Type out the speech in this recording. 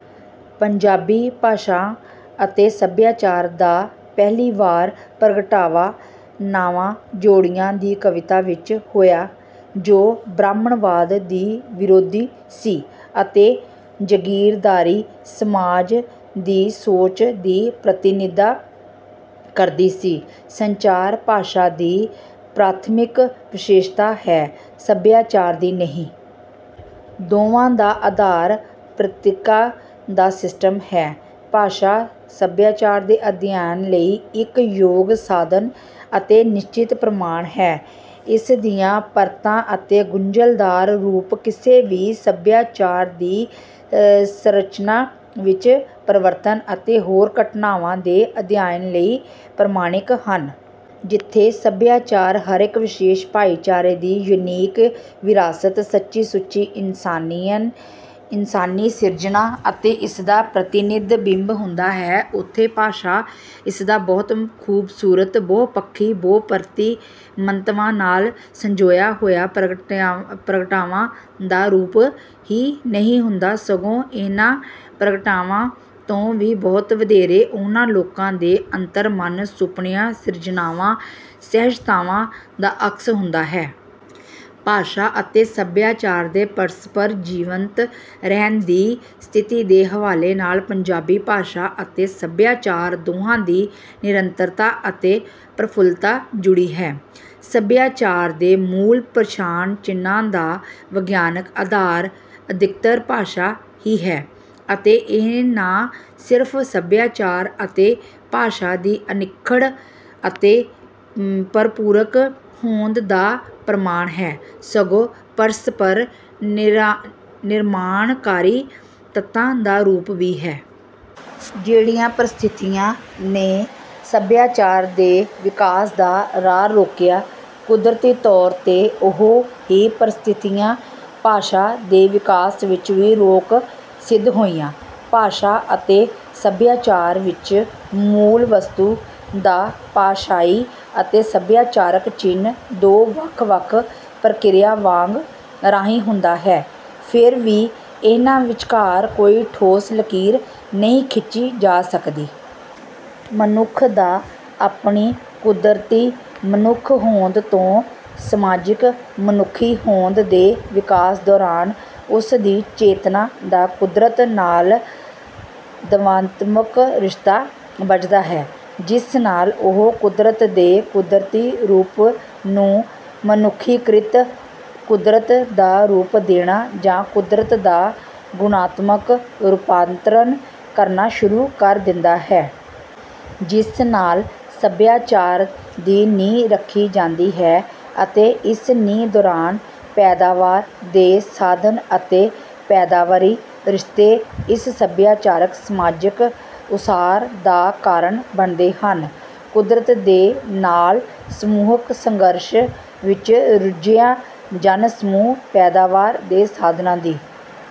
ਪੰਜਾਬੀ ਭਾਸ਼ਾ ਅਤੇ ਸਭਿਆਚਾਰ ਦਾ ਪਹਿਲੀ ਵਾਰ ਪ੍ਰਗਟਾਵਾ ਨਾਵਾਂ-ਜੋੜੀਆਂ ਦੀ ਕਵਿਤਾ ਵਿੱਚ ਹੋਇਆ, ਜੋ ਬ੍ਰਾਹਮਣਵਾਦ ਦੀ ਵਿਰੋਧੀ ਸੀ ਅਤੇ ਜਾਗੀਰਦਾਰੀ ਸਮਾਜ ਦੀ ਸੋਚ ਦੀ ਪ੍ਰਤੀਨਿਧਤਾ ਕਰਦੀ ਸੀ। ਸੰਚਾਰ ਭਾਸ਼ਾ ਦੀ ਪ੍ਰਾਥਮਿਕ ਵਿਸ਼ੇਸ਼ਤਾ ਹੈ, ਸਭਿਆਚਾਰ ਦੀ ਨਹੀਂ। ਦੋਵਾਂ ਦਾ ਆਧਾਰ ਪ੍ਰਤੀਕਾਂ ਦਾ ਸਿਸਟਮ ਹੈ। ਭਾਸ਼ਾ ਸਭਿਆਚਾਰ ਦੇ ਅਧਿਐਨ ਲਈ ਇੱਕ ਯੋਗ ਸਾਧਨ ਅਤੇ ਨਿਸ਼ਚਿਤ ਪ੍ਰਮਾਣ ਹੈ। ਇਸ ਦੀਆਂ ਪਰਤਾਂ ਅਤੇ ਗੁੰਝਲਦਾਰ ਰੂਪ ਕਿਸੇ ਵੀ ਸਭਿਆਚਾਰ ਦੀ ਸੰਰਚਨਾ ਵਿੱਚ ਪਰਿਵਰਤਨ ਅਤੇ ਹੋਰ ਘਟਨਾਵਾਂ ਦੇ ਅਧਿਐਨ ਲਈ ਪ੍ਰਮਾਣਿਕ ਹਨ। ਜਿੱਥੇ ਸਭਿਆਚਾਰ ਹਰੇਕ ਵਿਸ਼ੇਸ਼ ਭਾਈਚਾਰੇ ਦੀ ਯੂਨੀਕ ਵਿਰਾਸਤ, ਸੱਚੀ-ਸੁੱਚੀ ਇਨਸਾਨੀ ਸਿਰਜਣਾ ਅਤੇ ਇਸਦਾ ਪ੍ਰਤੀਨਿਧ ਬਿੰਬ ਹੁੰਦਾ ਹੈ, ਉੱਥੇ ਭਾਸ਼ਾ ਇਸਦਾ ਬਹੁਤ ਖੂਬਸੂਰਤ, ਬਹੁ-ਪੱਖੀ, ਬਹੁ-ਪਰਤੀ ਮੰਤਵਾਂ ਨਾਲ ਸੰਜੋਇਆ ਹੋਇਆ ਪ੍ਰਗਟਾਵਿਆਂ ਦਾ ਰੂਪ ਹੀ ਨਹੀਂ ਹੁੰਦਾ, ਸਗੋਂ ਇਹਨਾਂ ਪ੍ਰਗਟਾਵਿਆਂ ਤੋਂ ਵੀ ਬਹੁਤ ਵਧੇਰੇ ਉਹਨਾਂ ਲੋਕਾਂ ਦੇ ਅੰਤਰ-ਮਨ, ਸੁਪਨਿਆਂ, ਸਿਰਜਣਾਵਾਂ, ਸੁਹਜਤਾਵਾਂ ਦਾ ਅਕਸ ਹੁੰਦਾ ਹੈ। ਭਾਸ਼ਾ ਅਤੇ ਸਭਿਆਚਾਰ ਦੇ ਪਰਸਪਰ ਜੀਵੰਤ ਰਹਿਣ ਦੀ ਸਥਿਤੀ ਦੇ ਹਵਾਲੇ ਨਾਲ ਪੰਜਾਬੀ ਭਾਸ਼ਾ ਅਤੇ ਸਭਿਆਚਾਰ ਦੋਹਾਂ ਦੀ ਨਿਰੰਤਰਤਾ ਅਤੇ ਪ੍ਰਫੁੱਲਤਾ ਜੁੜਵੀਂ ਹੈ। ਸਭਿਆਚਾਰ ਦੇ ਮੂਲ ਪਛਾਣ-ਚਿੰਨ੍ਹਾਂ ਦਾ ਵਿਗਿਆਨਕ ਆਧਾਰ ਅਧਿਕਤਰ ਭਾਸ਼ਾ ਹੀ ਹੈ ਅਤੇ ਇਹ ਨਾ ਸਿਰਫ ਸਭਿਆਚਾਰ ਅਤੇ ਭਾਸ਼ਾ ਦੀ ਅਨਿੱਖੜ ਅਤੇ ਪਰਿਪੂਰਕ ਹੋਂਦ ਦਾ ਪ੍ਰਣਾਮ ਹੈ, ਸਗੋਂ ਪਰਸਪਰ ਨਿਰਮਾਣਕਾਰੀ ਤੱਤਾਂ ਦਾ ਰੂਪ ਵੀ ਹੈ। ਜਿਹੜੀਆਂ ਪਰਿਸਥਿਤੀਆਂ ਨੇ ਸੱਭਿਆਚਾਰ ਦੇ ਵਿਕਾਸ ਦਾ ਰਾਹ ਰੋਕਿਆ, ਕੁਦਰਤੀ ਤੌਰ 'ਤੇ ਉਹ ਹੀ ਪਰਿਸਥਿਤੀਆਂ ਭਾਸ਼ਾ ਦੇ ਵਿਕਾਸ ਵਿੱਚ ਵੀ ਰੋਕ ਸਿੱਧ ਹੋਈਆਂ। ਭਾਸ਼ਾ ਅਤੇ ਸਭਿਆਚਾਰ ਵਿੱਚ ਮੂਲ ਵਸਤੂ ਦਾ ਭਾਸ਼ਾਈ ਅਤੇ ਸਭਿਆਚਾਰਕ ਚਿੰਨ੍ਹ ਦੋ ਵੱਖ-ਵੱਖ ਪ੍ਰਕਿਰਿਆ ਵਾਂਗ ਰਾਹੀ ਹੁੰਦਾ ਹੈ, ਫਿਰ ਵੀ ਇਹਨਾਂ ਵਿਚਕਾਰ ਕੋਈ ਠੋਸ ਲਕੀਰ ਨਹੀਂ ਖਿੱਚੀ ਜਾ ਸਕਦੀ। ਮਨੁੱਖ ਦਾ ਆਪਣੀ 'ਕੁਦਰਤੀ ਮਨੁੱਖੀ ਹੋਂਦ' ਤੋਂ 'ਸਮਾਜਿਕ ਮਨੁੱਖੀ ਹੋਂਦ' ਦੇ ਵਿਕਾਸ ਦੌਰਾਨ ਉਸ ਦੀ ਚੇਤਨਾ ਦਾ ਕੁਦਰਤ ਨਾਲ ਦਵੰਦਾਤਮਕ ਰਿਸ਼ਤਾ ਬੱਝਦਾ ਹੈ। ਜਿਸ ਨਾਲ ਉਹ ਕੁਦਰਤ ਦੇ ਕੁਦਰਤੀ ਰੂਪ ਨੂੰ ਮਨੁੱਖੀਕ੍ਰਿਤ ਕੁਦਰਤ ਦਾ ਰੂਪ ਦੇਣਾ ਜਾਂ ਕੁਦਰਤ ਦਾ ਗੁਣਾਤਮਕ ਰੂਪਾਂਤਰਣ ਕਰਨਾ ਸ਼ੁਰੂ ਕਰ ਦਿੰਦਾ ਹੈ। ਜਿਸ ਨਾਲ ਸਭਿਆਚਾਰ ਦੀ ਨੀਂਹ ਰੱਖੀ ਜਾਂਦੀ ਹੈ ਅਤੇ ਇਸ ਨੀਂਹ ਦੌਰਾਨ ਪੈਦਾਵਾਰ ਦੇ ਸਾਧਨ ਅਤੇ ਪੈਦਾਵਾਰੀ ਰਿਸ਼ਤੇ ਇਸ ਸਭਿਆਚਾਰਕ-ਸਮਾਜਕ ਉਸਾਰੀ ਦਾ ਕਾਰਨ ਬਣਦੇ ਹਨ। ਕੁਦਰਤ ਦੇ ਨਾਲ ਸਮੂਹਕ ਸੰਘਰਸ਼ ਵਿੱਚ ਰੁੱਝਿਆ ਜਨ-ਸਮੂਹ ਪੈਦਾਵਾਰ ਦੇ ਸਾਧਨਾਂ ਦੀ